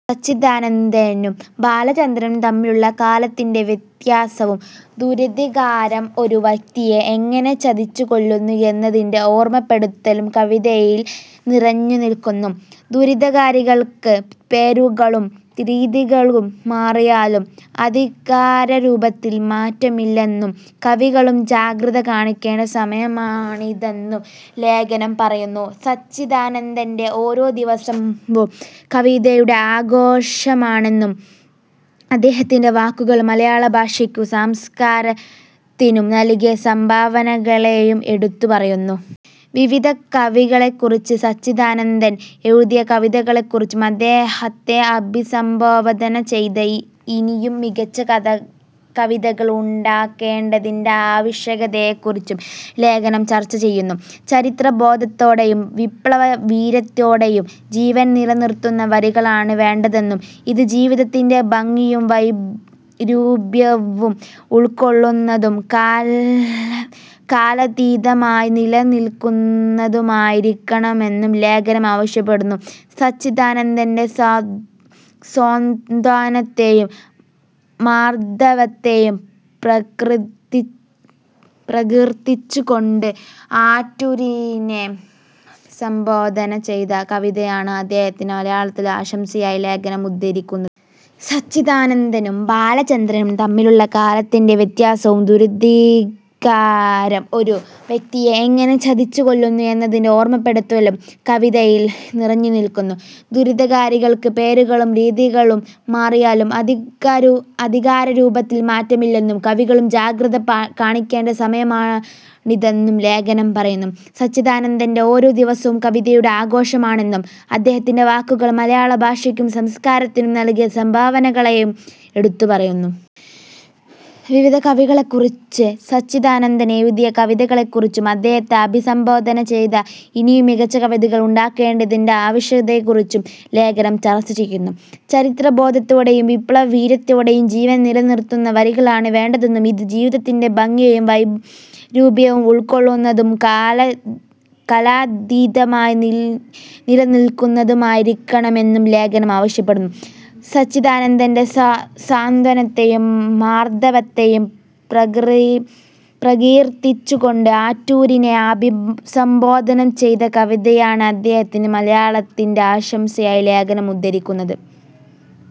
സച്ചിദാനന്ദനും ബാലചന്ദ്രനും തമ്മിലുള്ള കാലത്തിന്റെ വ്യത്യാസവും, ദുരധികാരം ഒരു വ്യക്തിയെ എങ്ങനെ ചതച്ചുകൊല്ലുന്നു എന്നതിന്റെ ഓർമ്മപ്പെടുത്തലും കവിതയിൽ നിറഞ്ഞുനിൽക്കുന്നു. ദുരധികാരികൾക്ക് പേരുകളും രീതികളും മാറിയാലും അധികാരരൂപത്തിൽ മാറ്റമില്ലെന്നും, കവികളും ജാഗ്രത കാണിക്കേണ്ട സമയമാണിതെന്നും ലേഖനം പറയുന്നു. സച്ചിദാനന്ദന്റെ ഓരോ ദിവസവും കവിതയുടെ ആഘോഷമാണെന്നും, അദ്ദേഹത്തിന്റെ വാക്കുകൾ മലയാള ഭാഷയ്ക്കും സംസ്കാരത്തിനും നൽകിയ സംഭാവനകളെയും എടുത്തുപറയുന്നു. വിവിധ കവികളെക്കുറിച്ച് സച്ചിദാനന്ദൻ എഴുതിയ കവിതകളെക്കുറിച്ചും, അദ്ദേഹത്തെ അഭിസംബോധന ചെയ്ത് ഇനിയും മികച്ച കവിതകൾ ഉണ്ടാകേണ്ടതിന്റെ ആവശ്യകതയെക്കുറിച്ചും ലേഖനം ചർച്ച ചെയ്യുന്നു. ചരിത്രബോധത്തോടെയും വിപ്ലവ വീര്യത്തോടെയും ജീവൻ നിലനിർത്തുന്ന വരികളാണ് വേണ്ടതെന്നും, ഇത് ജീവിതത്തിന്റെ ഭംഗിയും വൈരൂപ്യവും ഉൾക്കൊള്ളുന്നതും കാലാതീതമായി നിലനിൽക്കുന്നതുമായിരിക്കണമെന്നും ലേഖനം ആവശ്യപ്പെടുന്നു. സച്ചിദാനന്ദന്റെ സാന്ത്വനത്തെയും മാർദ്ദവത്തെയും പ്രകീർത്തിച്ചുകൊണ്ട് ആറ്റൂരിനെ അഭിസംബോധന ചെയ്ത കവിതയാണ് അദ്ദേഹത്തിന് മലയാളത്തിന്റെ ആശംസയായി ലേഖനം ഉദ്ധരിക്കുന്നത്. സച്ചിദാനന്ദനും ബാലചന്ദ്രനും തമ്മിലുള്ള കാലത്തിന്റെ വ്യത്യാസവും, ദുരധികാരം ഒരു വ്യക്തിയെ എങ്ങനെ ചതച്ചുകൊല്ലുന്നു എന്നതിന്റെ ഓർമ്മപ്പെടുത്തലും കവിതയിൽ നിറഞ്ഞുനിൽക്കുന്നു. ദുരധികാരികൾക്ക് പേരുകളും രീതികളും മാറിയാലും അധികാരരൂപത്തിൽ മാറ്റമില്ലെന്നും, കവികളും ജാഗ്രത കാണിക്കേണ്ട സമയമാണിതെന്നും ലേഖനം പറയുന്നു. സച്ചിദാനന്ദന്റെ ഓരോ ദിവസവും കവിതയുടെ ആഘോഷമാണെന്നും, അദ്ദേഹത്തിന്റെ വാക്കുകൾ മലയാള ഭാഷയ്ക്കും സംസ്കാരത്തിനും നൽകിയ സംഭാവനകളെയും എടുത്തുപറയുന്നു. വിവിധ കവികളെക്കുറിച്ച് സച്ചിദാനന്ദൻ എഴുതിയ കവിതകളെക്കുറിച്ചും, അദ്ദേഹത്തെ അഭിസംബോധന ചെയ്ത് ഇനിയും മികച്ച കവിതകൾ ഉണ്ടാകേണ്ടതിന്റെ ആവശ്യകതയെക്കുറിച്ചും ലേഖനം ചർച്ച ചെയ്യുന്നു. ചരിത്രബോധത്തോടെയും വിപ്ലവ വീര്യത്തോടെയും ജീവൻ നിലനിർത്തുന്ന വരികളാണ് വേണ്ടതെന്നും, ഇത് ജീവിതത്തിന്റെ ഭംഗിയും വൈരൂപ്യവും ഉൾക്കൊള്ളുന്നതും കാലാതീതമായി നിലനിൽക്കുന്നതുമായിരിക്കണമെന്നും ലേഖനം ആവശ്യപ്പെടുന്നു. സച്ചിദാനന്ദന്റെ സാന്ത്വനത്തെയും മാർദ്ദവത്തെയും പ്രകീർത്തിച്ചുകൊണ്ട് ആറ്റൂരിനെ അഭിസംബോധന ചെയ്ത കവിതയാണ് അദ്ദേഹത്തിന് മലയാളത്തിന്റെ ആശംസയായി ലേഖനം ഉദ്ധരിക്കുന്നത്.